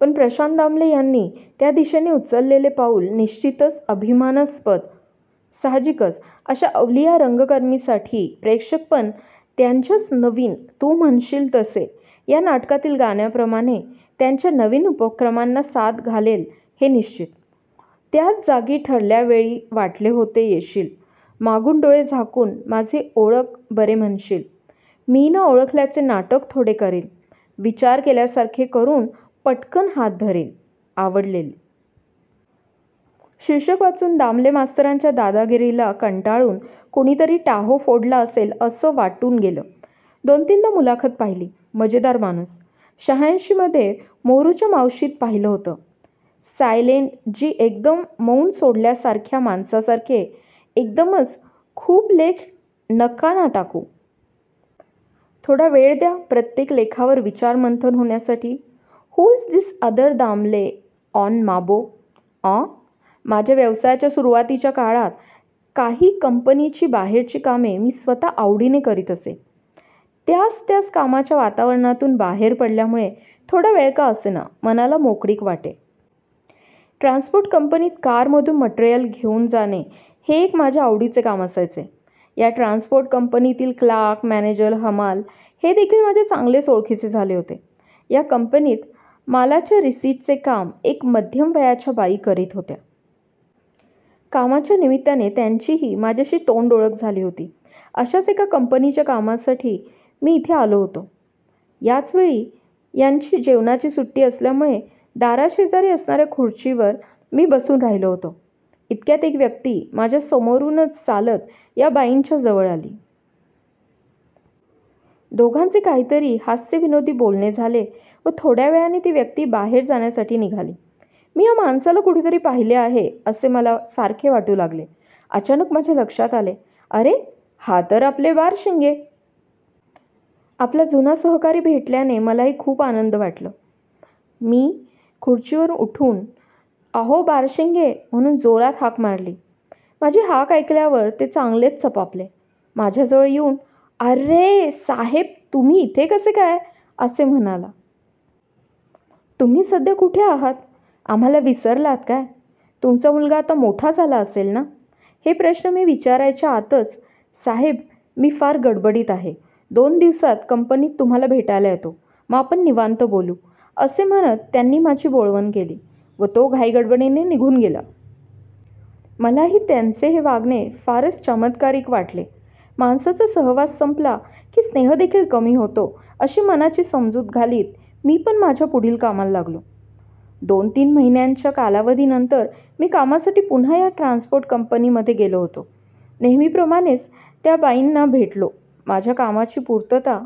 पण प्रशांत दामले यांनी त्या दिशेने उचललेले पाऊल निश्चितच अभिमानास्पद. साहजिकच अशा अवलिया रंगकर्मीसाठी प्रेक्षकपण त्यांच्याच नवीन तू म्हणशील तसे या नाटकातील गाण्याप्रमाणे त्यांच्या नवीन उपक्रमांना साद घालेल हे निश्चित. त्याच जागी ठरल्या वेळी वाटले होते येशील, मागून डोळे झाकून माझे ओळख बरे म्हणशील, मी ना ओळखल्याचे नाटक थोडे करीन, विचार केल्यासारखे करून पटकन हात धरीन, आवडले. शीर्षक वाचून दामले मास्तरांच्या दादागिरीला कंटाळून कुणीतरी टाहो फोडला असेल असं वाटून गेलं. दोनतीनदा मुलाखत पाहिली. मजेदार माणूस. शहाऐंशीमध्ये मोरूच्या मावशीत पाहिलं होतं. सायलेंट जी एकदम मौन सोडल्यासारख्या माणसासारखे एकदमच खूप लेख नका ना टाकू. थोडा वेळ द्या प्रत्येक लेखावर विचार मंथन होण्यासाठी. Who is this other Damle on माबो? आँ! माझ्या व्यवसायाच्या सुरुवातीच्या काळात, काही कंपनीची बाहेरची कामे मी स्वतः आवडीने करीत असे. त्याच त्याच कामाच्या वातावरणातून बाहेर पडल्यामुळे, थोडा वेळ का असेना, मनाला मोकळीक वाटे. ट्रान्सपोर्ट कंपनीत कारमधून मटेरियल घेऊन जाणे, हे एक माझ्या आवडीचे काम असायचे. या ट्रान्सपोर्ट कंपनीतील क्लार्क, मॅनेजर, हमाल हे देखील माझ्या चांगलेच ओळखीचे झाले होते. या कंपनीत मालाच्या रिसीटचे काम, एक मध्यम वयाच्या बाई करीत होत्या. कामाच्या निमित्ताने त्यांची ही माझ्याशी तोंडओळख झाली होती. अशाच एका कंपनीच्या कामासाठी मी इथे आलो होतो. याच वेळी यांची जेवणाची सुट्टी असल्यामुळे दाराशेजारी असणाऱ्या खुर्चीवर मी बसून राहिलो होतो. इतक्यात एक व्यक्ती माझ्या समोरूनच चालत या बाईंच्या जवळ आली. दोघांचे काहीतरी हास्यविनोदी बोलणे झाले व थोड्या वेळाने ती व्यक्ती बाहेर जाण्यासाठी निघाली. मी या माणसाला कुठेतरी पाहिले आहे असे मला सारखे वाटू लागले. अचानक माझ्या लक्षात आले, अरे! हा तर आपले बारशिंगे. आपला जुना सहकारी भेटल्याने मलाही खूप आनंद वाटलं. मी खुर्चीवरून उठून, अहो बारशिंगे, म्हणून जोरात हाक मारली. माझी हाक ऐकल्यावर ते चांगलेच चपापले. माझ्याजवळ येऊन, अरे! साहेब तुम्ही इथे कसे काय? असे म्हणाला. तुम्ही सध्या कुठे आहात, आम्हाला विसरलात काय? तुमचा मुलगा आता मोठा झाला असेल ना? हे प्रश्न मी विचारण्याच्या आतच, साहेब मी फार गडबडीत आहे, दोन दिवसांत कंपनीत तुम्हाला भेटायला येतो, मग आपण निवांत बोलू, असे म्हणत त्यांनी माझी बोळवण केली व तो घाईगडबडीने निघून गेला. मलाही त्यांचे हे वागणे फारच चमत्कारिक वाटले. माणसाचा सहवास संपला की स्नेहदेखील कमी होतो अशी मनाची समजूत घालीत मी पण माझ्या पुढील कामाला लागलो. दोन-तीन महिन्यांच्या कालावधीनंतर मी कामासाठी पुन्हा या ट्रान्सपोर्ट कंपनीमध्ये गेलो होतो. नेहमीप्रमाणेच त्या बाईंना भेटलो, माझ्या कामाची पूर्तता